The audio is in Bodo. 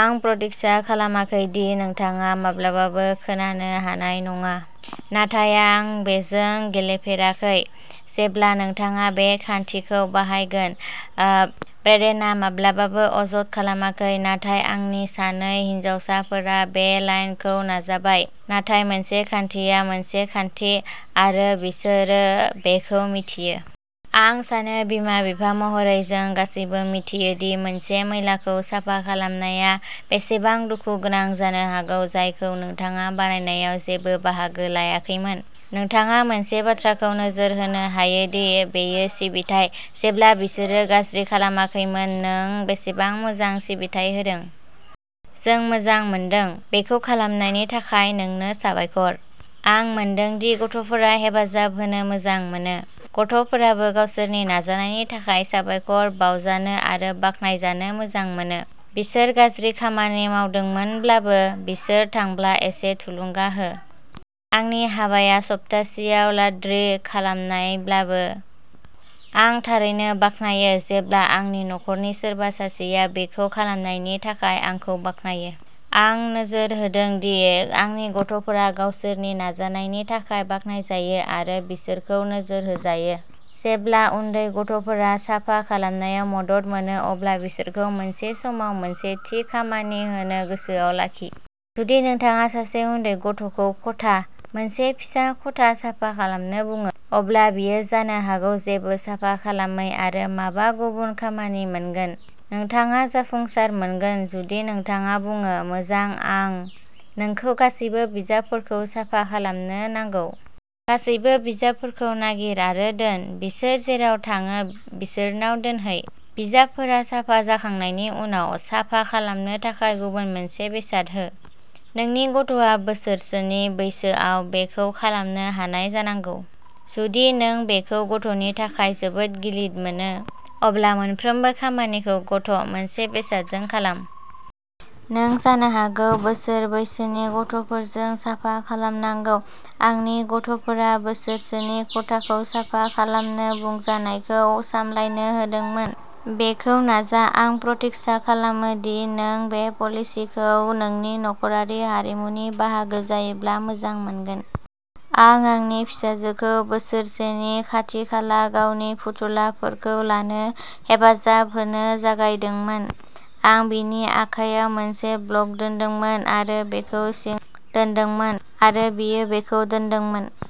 आं प्रतिज्ञा खालामाखै दि नोंथाङा माब्लाबाबो खोनानो हानाय नङा" नाथाय आं बेजों गेलेफेराखै! "जेब्ला नोंथाङा बे खान्थिखौ बाहायगोन। ब्रेडेनआ माब्लाबाबो अजद खालामाखै, नाथाय आंनि सानै हिनजावफोरा बै लाइनखौ नाजाबाय। नाथाय मोनसे खान्थिया मोनसे खान्थि, आरो बिसोरो बेखौ मिथियो। आं सानो बिमा-बिफा महरै जों गासैबो मिथियो दि मोनसे मैलाखौ साफा खालामनाया बेसेबां दुखु गोनां जानो हागौ, जायखौ नोंथाङा बानायनायाव जेबो बाहागो लायाखैमोन। नोंथाङा मोनसे बाथ्राखौ नोजोर होनो हायो दि बेयो सिबिथाइ, जेब्ला बिसोरो गाज्रि खालामाखैमोन," नों बेसेबां मोजां सिबिथाइ होदों? " जों मोजां मोनदों! बेखौ खालामनायनि थाखाय नोंनो साबायखर! "आं मोनदों दि गथ'फोरा हेफाजाब होनो मोजां मोनो। गथ'फोराबो गावसोरनि नाजानायनि थाखाय साबायखर बावजानो आरो बाख्नायजानो मोजां मोनो। बिसोर गाज्रि खामानि मावदोंमोनब्लाबो, बिसोर थांब्ला एसे थुलुंगा हो। आंनि हाबाया सप्तासेयाव लान्ड्रि खालामनायब्लाबो, आं थारैनो बाख्नायो जेब्ला आंनि नखरनि सोरबा सासेआ बेखौ खालामनायनि थाखाय आंखौ बाख्नायो। आं नोजोर होदों दि आंनि गथ'फोरा गावसोरनि नाजानायनि थाखाय बाख्नायजायो आरो बिसोरखौ नोजोर होजायो। जेब्ला उन्दै गथ'फोरा साफा खालामनायाव मदद मोनो, अब्ला बिसोरखौ मोनसे समाव मोनसे थि खामानि होनो गोसोआव लाखि। जुदि नोंथाङा सासे उन्दै गथ'खौ खथा, मोनसे फिसा खथा साफा खालामनो बुङो, अब्ला बियो जानो हागौ जेबो साफा खालामै आरो माबा गुबुन खामानि मोनगोन। नोंथाङा जाफुंसार मोनगोन जुदि नोंथाङा बुङो," मोजां, आं नोंखौ गासैबो बिजाबफोरखौ साफा खालामनो नांगौ। गासैबो बिजाबफोरखौ नागिर आरो दोन। बिसोर जेराव थाङो बिसोरनाव दोनहै। "बिजाबफोरा साफा जाखांनायनि उनाव, साफा खालामनो थाखाय गुबुन मोनसे बेसाद हो। नोंनि गथ'आ बोसोरसोनि बैसोआव बेखौ खालामनो हानाय जानांगौ। जुदि नों बेखौ गथ'नि थाखाय जोबोद गिलिर मोनो, अब्ला मोनफ्रोमबो खामानिखौ गथ'- मोनसे बेसादजों खालाम। नों जानो हागौ बोसोर बैसोनि गथ'फोरजों साफा खालामनांगौ। आंनि गथ'फोरा बोसोरसोनि खथाखौ साफा खालामनो बुंजानायखौ सामलायनो हादोंमोन। बेखौ नाजा! आं प्रतिज्ञा खालामो दि नों बे पलिसिखौ नोंनि नखरारि हारिमुनि बाहागो जायोब्ला मोजां मोनगोन। आं आंनि फिसाजोखौ बोसोरसेनि खाथिखाला गावनि फुथुलाफोरखौ लानो हेफाजाब होनो जागायदोंमोन। आं बिनि आखायाव मोनसे ब्लक दोनदोंमोन आरो बेखौ सिङाव दोनदोंमोन, आरो बियो बेखौ दोनदोंमोन।